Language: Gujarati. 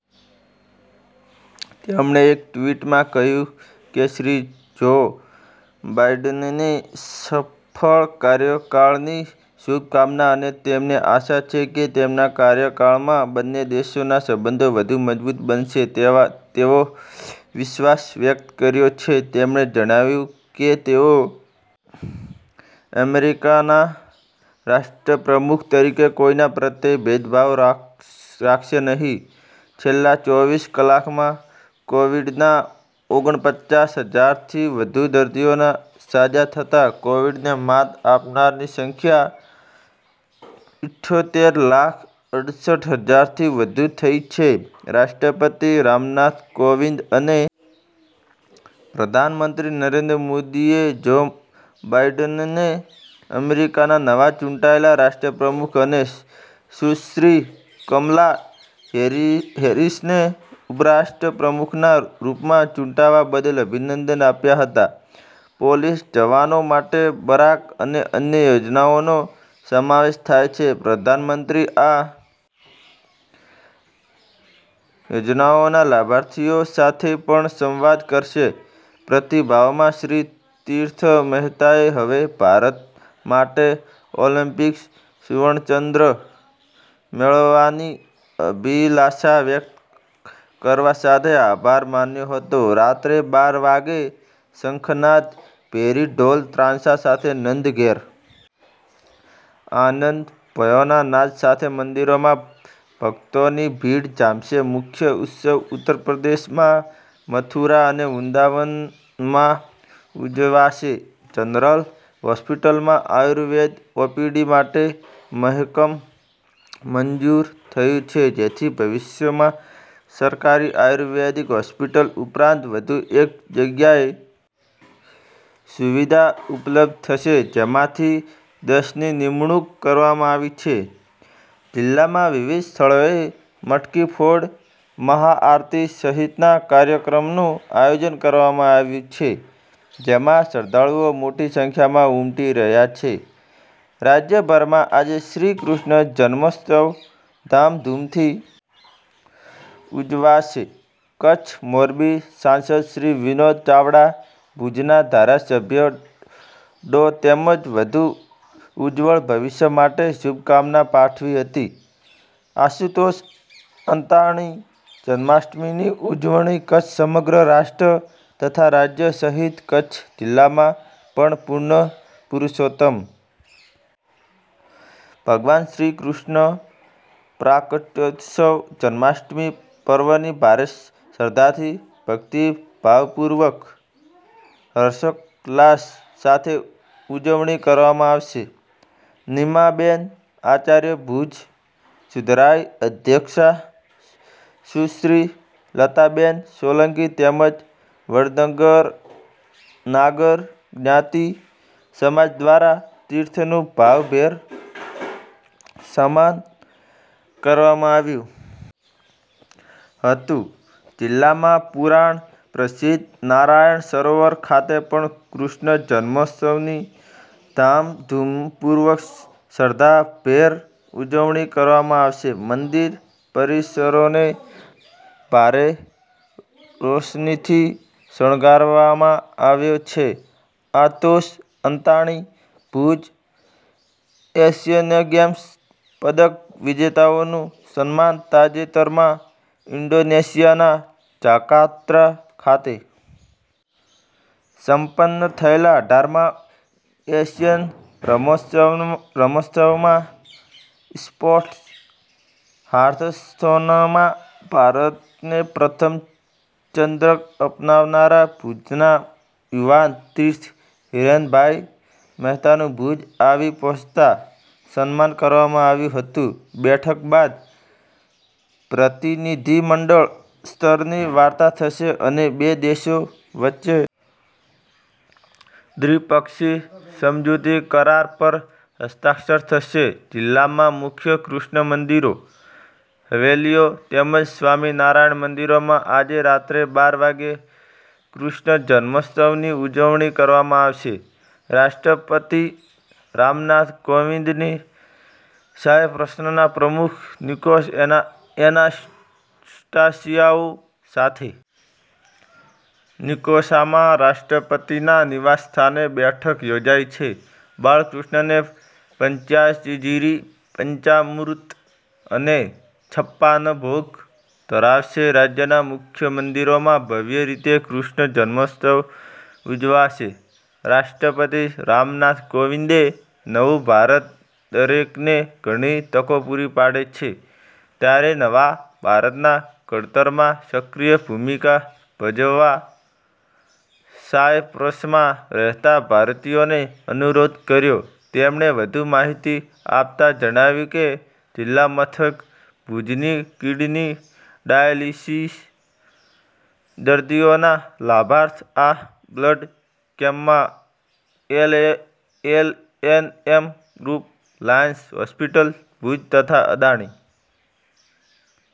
તેમણે એક ટ્વીટમાં કહ્યું કે શ્રી જો બાઈડનને સફળ કાર્યકાળની શુભકામના અને તેમને આશા છે કે તેમના કાર્યકાળમાં બંને દેશોના સંબંધો વધુ મજબૂત બનશે તેવો વિશ્વાસ વ્યક્ત કર્યો છે તેમણે જણાવ્યું કે તેઓ અમેરીકાના રાષ્ટ્રપ્રમુખ તરીકે કોઇના પ્રત્યે ભેદભાવ રાખશે નહીં છેલ્લા ચોવીસ કલાકમાં કોવિડના ઓગણપચાસ હજારથી વધુ દર્દીઓ સાજા થતા કોવિડને માત આપનારની સંખ્યા ઇઠ્યોતેર લાખ અડસઠ હજારથી વધુ થઇ છે રાષ્ટ્રપતિ રામનાથ કોવિંદ અને પ્રધાનમંત્રી નરેન્દ્ર મોદીએ જો બાઈડનને અમેરિકાના નવા ચૂંટાયેલા રાષ્ટ્રપ્રમુખ અને સુશ્રી કમલા હેરિસને ઉપરાષ્ટ્ર પ્રમુખના રૂપમાં ચૂંટાવા બદલ અભિનંદન આપ્યા હતા પોલીસ જવાનો માટે બરાક અને અન્ય યોજનાઓનો સમાવેશ થાય છે પ્રધાનમંત્રી આ યોજનાઓના લાભાર્થીઓ સાથે પણ સંવાદ કરશે પ્રતિભાવમાં શ્રી તીર્થ મહેતાએ હવે ભારત માટે ઓલિમ્પિક સુવર્ણચંદ્રક મેળવવાની અભિલાષા વ્યક્ત કરવા સાથે આભાર માન્યો હતો રાત્રે બાર વાગે શંખનાદ ભેરી ઢોલ ત્રાંસા સાથે નંદ ઘેર આનંદ ભયોના નાદ સાથે મંદિરોમાં ભકતોની ભીડ જામશે મુખ્ય ઉત્સવ ઉત્તરપ્રદેશમાં મથુરા અને વૃંદાવનમાં ઉજવાશે જનરલ હોસ્પિટલમાં આયુર્વેદ ઓપીડી માટે મહેકમ મંજૂર થયું છે જેથી ભવિષ્યમાં સરકારી આયુર્વેદિક હોસ્પિટલ ઉપરાંત વધુ એક જગ્યાએ સુવિધા ઉપલબ્ધ થશે જેમાંથી દસની નિમણૂંક કરવામાં આવી છે જિલ્લામાં વિવિધ સ્થળોએ મટકી ફોડ મહાઆરતી સહીતના કાર્યક્રમનું આયોજન કરવામાં આવ્યું છે જેમાં શ્રધ્ધાળુઓ મોટી સંખ્યામાં ઉમટી રહ્યા છે રાજ્યભરમાં આજે શ્રીકૃષ્ણ જન્મોત્સવ ધામધૂમથી ઉજવાશે કચ્છ મોરબી સાંસદ શ્રી વિનોદ ચાવડા ભુજના ધારાસભ્ય ડો તેમજ વધુ ઉજ્જવળ ભવિષ્ય માટે શુભકામના પાઠવી હતી આશુતોષ અંતાણી જન્માષ્ટમીની ઉજવણી કચ્છ સમગ્ર રાષ્ટ્ર તથા રાજ્ય સહીત કચ્છ જિલ્લામાં પણ પૂર્ણ પુરૂષોત્તમ ભગવાન શ્રી કૃષ્ણના પ્રાક્ટયોત્સવ જન્માષ્ટમી પર્વની ભારે શ્રધ્ધાથી ભક્તિભાવપૂર્વક હર્ષોલ્લાસ સાથે ઉજવણી કરવામાં આવશે નીમાબેન આચાર્ય ભુજ સુધરાઈ અધ્યક્ષા સુશ્રી લતાબેન સોલંકી તેમજ વડનગરા નાગર જ્ઞાતિ સમાજ દ્વારા તીર્થનું ભાવભેર સમાન કરવામાં આવ્યું હતું જિલ્લામાં પુરાણ પ્રસિધ્ધ નારાયણ સરોવર ખાતે પણ કૃષ્ણ જન્મોત્સવની ધામધૂમપૂર્વક શ્રધ્ધાભેર ઉજવણી કરવામાં આવશે મંદિર પરિસરોને ભારે રોશનીથી શણગારવામાં આવ્યા છે આતોષ અંતાણી ભુજ એશિયનગેમ્સ પદક વિજેતાઓનું સન્માન તાજેતરમાં ઈન્ડોનેશિયાના જાકાર્તા ખાતે સંપન્ન થયેલા અઢારમાં માં એશિયન રમતોત્સવમાં ઈસ્પોર્ટસ હાર્થસ્થોનમાં ભારતને પ્રથમ ચંદ્રક અપનાવનારા ભુજના યુવાન તીર્થ હિરેનભાઈ મહેતાનું ભુજ આવી પહાચતા સન્માન કરવામાં આવ્યું હતું બેઠક બાદ પ્રતિનિધિમંડળ સ્તરની વાર્તા થશે અને બે દેશો વચ્ચે દ્વિપક્ષી સમજૂતી કરાર પર હસ્તાક્ષર થશે જિલ્લામાં મુખ્ય કૃષ્ણ મંદિરો, હવેલીઓ તેમજ સ્વામી નારાયણ મંદિરોમાં આજે રાત્રે બાર વાગ્યે કૃષ્ણ જન્મોત્સવની ઉજવણી કરવામાં આવશે રાષ્ટ્રપતિ રામનાથ કોવિંદની સાયપ્રસના પ્રમુખ નિકોસ એના સ્ટાસીયાઓ સાથે નિકોસામાં રાષ્ટ્રપતિના નિવાસ સ્થાને બેઠક યોજાઈ છે બાલકૃષ્ણને પંચ્યાજીરી પંચામૃત અને છપ્પનભોગ ધરાવાશે રાજ્યના મુખ્ય મંદિરોમાં ભવ્ય રીતે કૃષ્ણજન્મોત્સવ ઉજવાશે રાષ્ટ્રપતિ રામનાથ કોવિંદે નવું ભારત દરેકને ઘણી તકો પૂરી પાડે છે ત્યારે નવા ભારતના ઘડતરમાં સક્રિય ભૂમિકા ભજવવા સાયપ્રસમાં રહેતા ભારતીયોને અનુરોધ કર્યો તેમણે વધુ માહિતી આપતા જણાવ્યું કે જિલ્લા મથક ભુજની કિડની ડાયાલિસીસ દર્દીઓના લાભાર્થે આ બ્લડ કેમ્પમાં LNM group Lions hospital Bhuj તથા અદાણી।